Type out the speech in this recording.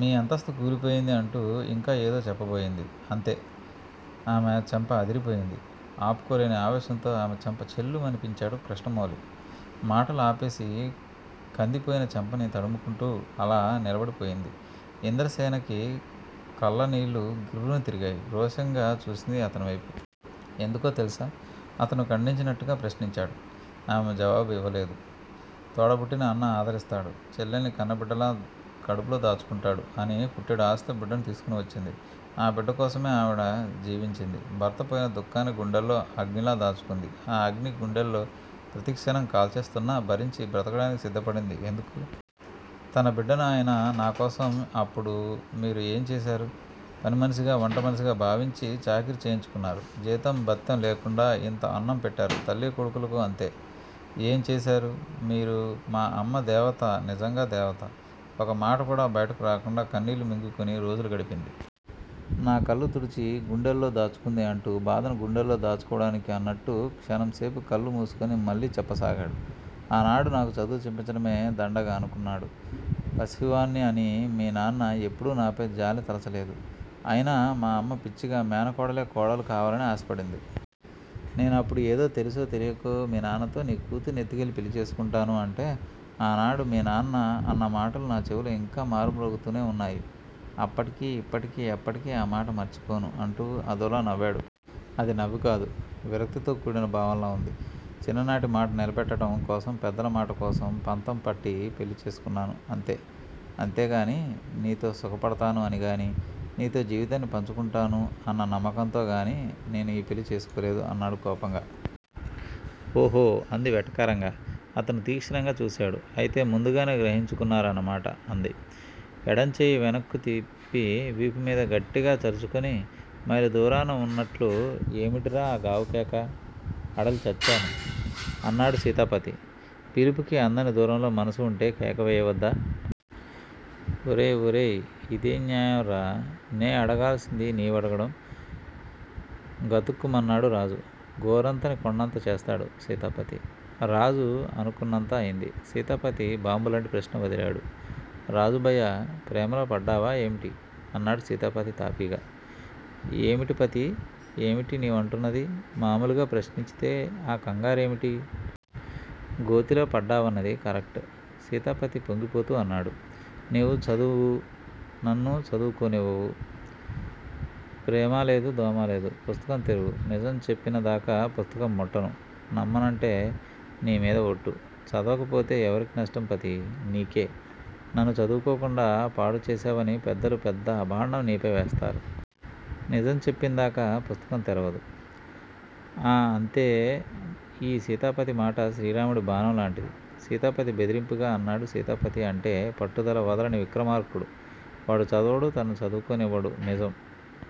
మీ అంతస్తు కూలిపోయింది అంటూ ఇంకా ఏదో చెప్పబోయింది. అంతే. ఆమె చెంప అదిరిపోయింది. ఆపుకోలేని ఆవేశంతో ఆమె చెంప ఛెళ్ళుమనిపించాడు కృష్ణమౌళి. మటలు ఆపేసి కందిపోయిన చెంపని తడుముకుంటూ అలా నిలబడి పోయింది. ఇంద్ర సేనకి కళ్ళనీళ్ళు గిర్రున తిరిగాయి. రోషంగా చూసింది అతని వైపు. ఎందుకో తెలుసా! అతను ఖండించినట్టుగా ప్రశ్నించాడు. ఆమె జవాబు ఇవ్వలేదు. తోడ బుట్టిన అన్న ఆదరిస్తాడు. చెల్లెల్ని కన్నబిడ్డలా కడుపులో దాచుకుంటాడు అని పుట్టెడు ఆశతో బిడ్డను తీసుకునీవచ్చింది. ఆ బిడ్డ కోసమే ఆవిడ జీవించింది. భర్తపోయిన దుఃఖాన్ని గుండెల్లో అగ్నిలా దాచుకుంది. ఆ అగ్ని గుండెల్లో ప్రతిక్షణం కాల్చేస్తున్నా భరించి బ్రతకడానికి సిద్ధపడింది ఎందుకు? తన బిడ్డను అయిన నాకోసం అప్పుడు మీరు ఏం చేశారు? పనిమనిషిగా వంటమనిషిగా భావించి, చాకిరీ చేయించుకున్నారు! జీతం బత్తెం లేకుండా ఇంత అన్నం పెట్టారు తల్లీ కొడుకులకు అంతే! ఏం చేశారు మీరు మా అమ్మ దేవత నిజంగా దేవత. ఒక మాటకూడా బయటకు రాకుండా కన్నీళ్ళు మింగుకుని రోజులు గడిపింది. నా కళ్ళు తుడిచి గుండెల్లో దాచుకుంది అంటూ బాధను గుండెల్లో దాచుకోవడానికి అన్నట్టు క్షణం సేపు కళ్ళు మూసుకుని మళ్ళీ చెప్ప సాగాడు. ఆనాడు నాకు చదువు చెప్పించడమే దండగ అనుకున్నాడు. పసివాడ్ని అని మీనాన్న ఎప్పుడూ నాపై జాలి తలచలేదు. అయినా మా అమ్మ పిచ్చిగా మేనకోడలే కోడలు కావాలని ఆశపడింది. నేను అప్పుడు ఏదో తెలిసో తెలియకో మీ నాన్నతో నీ కూతుర్ని ఎత్తుకెళ్ళి పెళ్ళి చేసుకొంటాను అంటే ఆనాడు మీ నాన్న అన్న మాటలు నా చెవులో ఇంకా మారు మ్రోగుతూనే ఉన్నాయి! అప్పటికీ ఇప్పటికీ ఎప్పటికీ ఆ మాట మర్చిపోను అంటూ అదోలా నవ్వాడు. అది నవ్వుకాదు. విరక్తితో కూడిన భావంలా ఉంది. చిన్ననాటి మాట నిలబెట్టటం కోసం పెద్దల మాట కోసం పంతం పట్టి పెళ్ళి చేసుకున్నాను. అంతే! అంతేగాని నీతో సుఖ పడతాను అని గాని నీతో జీవితాన్ని పంచుకుంటాను అన్న నమ్మకంతో గానీ నేను ఈ పెళ్ళి చేసుకోలేదు అన్నాడు కోపంగా. ఓహో అంది వెటకారంగా. అతను తీక్షణంగా చూశాడు. అయితే ముందుగానే గ్రహించుకున్నారు అన్నమాట! అంది. ఎడం చెయ్యి వెనక్కు తిప్పి వీపుమీద గట్టిగా చరుచుకుని మైలు దూరాన వున్నట్లు ఏమిటిరా ఆ గావుకేక? హడలిచచ్చాను. అన్నాడు సీతాపతి. పిలుపుకి అందని దూరంలో మనసు వుంటే! కేక వేయవద్దా? ఒరేయ్! ఒరేయ్! ఇందేం న్యాయంరానే అడగాల్సింది నీవడగటం? గతుక్కుమన్నాడు రాజు. గోరంతని కొండంత చేస్తాడు. సీతాపతి. రాజు అనుకున్నంత అయింది. సీతాపతి బాంబులాంటి ప్రశ్న వదిలాడు, రాజూ భయ్యా! ప్రేమలో పడ్డావా ఏమిటి? అన్నాడు సీతాపతి తాపీగా. ఏమిటి పతీ! ఏమిటి నీవంటున్నది? మామూలుగా ప్రశ్నించితే ఆ కంగారేమిటి? గోతిలో పడ్డావన్నది కరెక్ట్ సీతాపతి పొంగిపోతూ అన్నాడు. నీవు చదవ్వు నన్ను చదువుకోనివ్వవు. ప్రేమా లేదు దోమా లేదు. పుస్తకం తెరువు. నిజం చెప్పిన దాకా పుస్తకం ముట్టను. నమ్మనంటే, నీ మీద ఒట్టు. చదవకపోతే ఎవరికి నష్టం పతీ? నీకే, నన్ను చదువుకోకుండా పాడుచేశావని పెద్దలు పెద్ద అబాంఢం నీపై వేస్తారు. నిజం చెప్పిందాకా పుస్తకం తెరవదు. ఆ అంతే ఈ సీతాపతి మాట శ్రీరాముడి బాణం లాంటిది. సీతాపతి బెదిరింపుగా అన్నాడు సీతాపతి అంటే పట్టుదల వదలని విక్రమార్కుడు వాడు చదవడు తనని చదువుకోనివ్వడు. నిజం